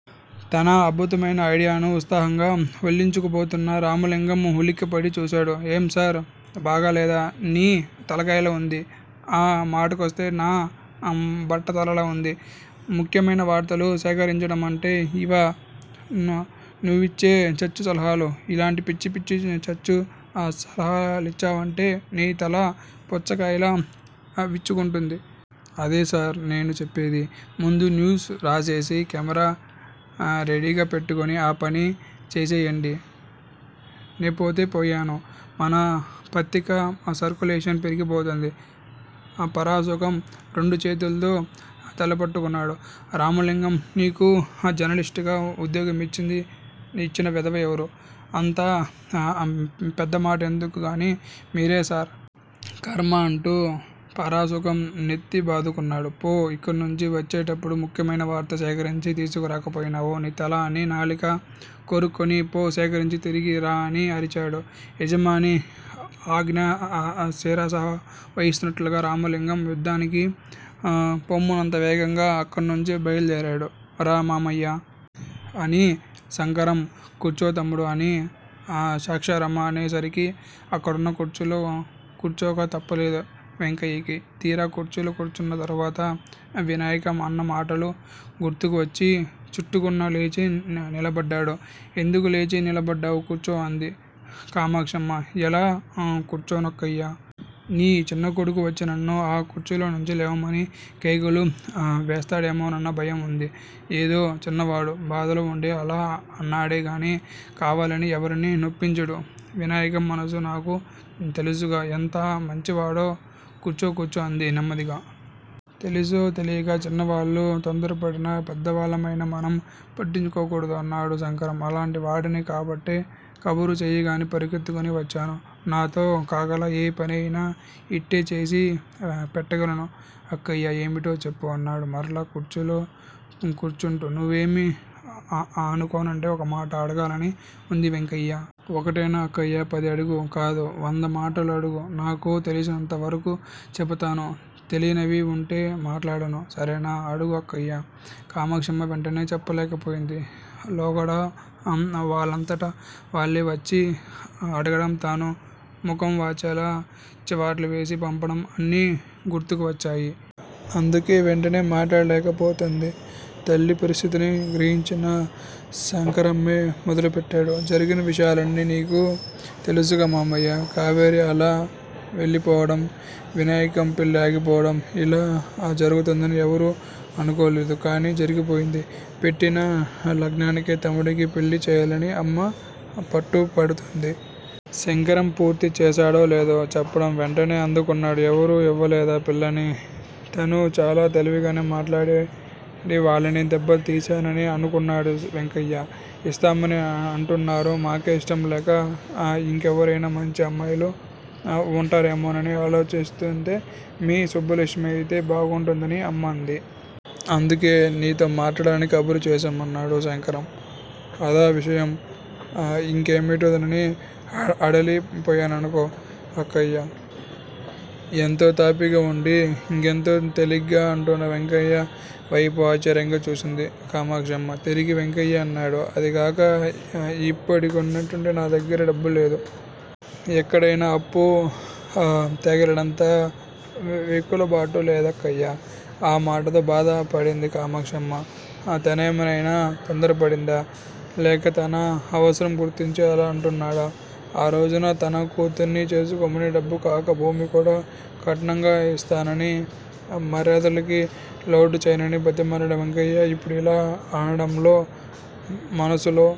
తన అద్భుతమైన ఐడియాను ఉత్సాహంగా వల్లించుకుపోతున్న రామలింగం ఉలిక్కిపడి చూశాడు. ఏం సార్! బాగాలేదా? నీ తలకాయలా వుంది. ఆ మాటకొస్తే నా బట్టతలలా వుంది. ముఖ్యమైన వార్తలు సేకరించమంటే యివా నువ్విచ్చే చచ్చు సలహాలు? ఇలాటి పిచ్చిపిచ్చి చచ్చు సలహాలిచ్చావంటే, నీ తల పుచ్చకాయలా విచ్చుకుంటుంది. అదే సార్! నేను చెప్పేది. ముందు న్యూస్ రాసేసి, కెమేరా రెడీగా పెట్టుకుని ఆ పని చేసెయ్యండి. నేపోతే పోయాను. మన పత్రిక సర్క్యులేషన్ పెరిగిపోతుంది. పరాంకుశం రెండుచేతుల్తో తలపట్టుకున్నాడు. రామలింగం, నీకు జర్నలిస్ట్ గా ఉద్యోగమిచ్చిన వెధవ ఎవరు? అంత పెద్దమాటెందుకుగానీ మీరే సార్. ఖర్మ అంటూ పరాంకుశం నెత్తిబాదుకున్నాడు. పో, యిక్కడ్నుంచి వచ్చేటప్పుడు ముఖ్యమైన వార్త సేకరించి తీసుకురాకపోయావో నీ తల అని నాలిక కొరుక్కుని పో సేకరించి తిరిగి రా అని అరిచాడు. యజమాని ఆజ్ఞ శిరసావహిస్తున్నట్లుగా రామలింగం యుద్దానికి పొమ్మన్నంత వేగంగా అక్కడ్నుంచి బయల్దేరాడు. రా మామయ్యా! అని శంకరం! కూర్చో తమ్ముడూ! అని సాక్షరామ్మ అనే సరికి అక్కడున్న కుర్చీలో కూర్చోక తప్పలేదు వెంకయ్యకి! తీరా కుర్చీలో కూర్చున్న తరువాత వినాయకం అన్న మాటలు గుర్తుకు వచ్చి చటుక్కున లేచి నిలబడ్డాడు. ఎందుకూ లేచి నిలబడ్డావూ? కూర్చో! అంది కామాక్షమ్మ. ఎలా కూర్చోను అక్కయ్య! నీ చిన్న కొడుకు వచ్చి నన్ను ఆ కుర్చీలో నుంచి లేవమని కేకలు వేస్తాడేమోనన్న భయం వుంది! ఏదో చిన్నవాడు! బాధలో వుండి అలా అన్నాడే గాని, కావాలని ఎవరినీ నొప్పించడు. వినాయకం మనసు నీకూ తెలుసుగా? ఎంత మంచివాడో? కూర్చో! కూర్చో! అంది నెమ్మదిగా. తెలిసో తెలియకో చిన్నవాళ్ళు తొందరపడినా పెద్దవాళ్ళమయిన మనం పట్టించుకోకూడదు! అన్నాడు శంకరం. అలాంటి వాడిని కాబట్టే కబురు చేయగానే పరిగెత్తుకుని వచ్చాను. నాతో కాగల ఏ పని అయినా యిట్టే చేసి పెట్టగలను అక్కయ్యా! ఏమిటో చెప్పు? అన్నాడు మరలా కుర్చీలో కూర్చుంటూ! నువ్వేమీ అనుకోనంటే ఒకమాట అడగాలని వుంది వెంకయ్య? ఒక్కటేనా అక్కయ్యా? పది అడుగు! కాదు, వంద మాటలు అడుగు! నాకు తెలిసినంత వరకూ చెప్పుతాను తెలియనివి వుంటే మాట్లాడను. సరేనా? అడుగు అక్కయ్య! కామాక్షమ్మ వెంటనే చెప్పలేకపోయింది. లోగడ వాళ్ళంతట వాళ్ళే వచ్చి అడగటం, తాను ముఖం వాచేలా చివాట్లు వేసి పంపటం అన్నీ గుర్తుకు వచ్చాయి. అందుకే వెంటనే మాట్లాడలేక పోతోంది. తల్లి పరిస్థితిని గ్రహించిన శంకరమే మొదలుపెట్టాడు. జరిగినా విషయాలన్నీ నీకూ తెలుసుగా మామయ్యా? కావేరి అలా వెళ్ళిపోవటం, వినాయకం పెళ్ళి ఆగిపోవటం! యిలా జరుగుతుందని ఎవరం అనుకోలేదు. కాని జరిగిపోయింది. పెట్టిన లగ్నానికే తమ్ముడికి పెళ్ళి చేయాలని అమ్మ పట్టుపడుతోంది! శంకరం పూర్తి చేశాడో లేదో చెప్పటం వెంటనే అందుకున్నాడు. ఎవరూ యివ్వలేదా పిల్లని? తను చాలా తెలివిగానే మాట్లాడి వాళ్ళని దెబ్బ తీశానని అనుకున్నాడు వెంకయ్య! ఇస్తామని అంటున్నారు! మాకే యిష్టం లేక యింకెవరయినా మంచి అమ్మాయిలు వుంటారేమోనని ఆలోచించితే మీ సుబ్బలక్ష్మి అయితే బాగుంటుందని అమ్మ అంది! అందుకే నీతో మాట్లాడాలని కబురు చేశాం! అన్నాడు శంకరం! అదా విషయం? యింకేమిటోనని హడలి పోయాననుకో అక్కయ్య? ఎంతో తాపీగా వుండి యింకెంతో తేలికగా అంటున్న వెంకయ్య వైపు ఆశ్చర్యంగా చూసింది కామాక్షమ్మ. తిరిగి వెంకయ్యే అన్నాడు- అదీగాక యిప్పటికిప్పుడంటే నా దగ్గిర డబ్బు లేదు. ఎక్కడయినా అప్పు తేగలిగేటంత వెసులుబాటూ లేదక్కయ్య! ఆ మాటతో బాధ పడింది కామాక్షమ్మ. తనేమయినా తొందరపడిందా? లేక తన అవసరం గుర్తించి అలా అంటున్నాడా? ఆ రోజున తన కూతురిని చేసుకోమని డబ్బుకాక భూమి కూడా కట్నంగా యిస్తానని, మర్యాదలకి లోటు చేయనని బ్రతిమాలిన వెంకయ్య ఇప్పుడిలా అనటంలో మనసులో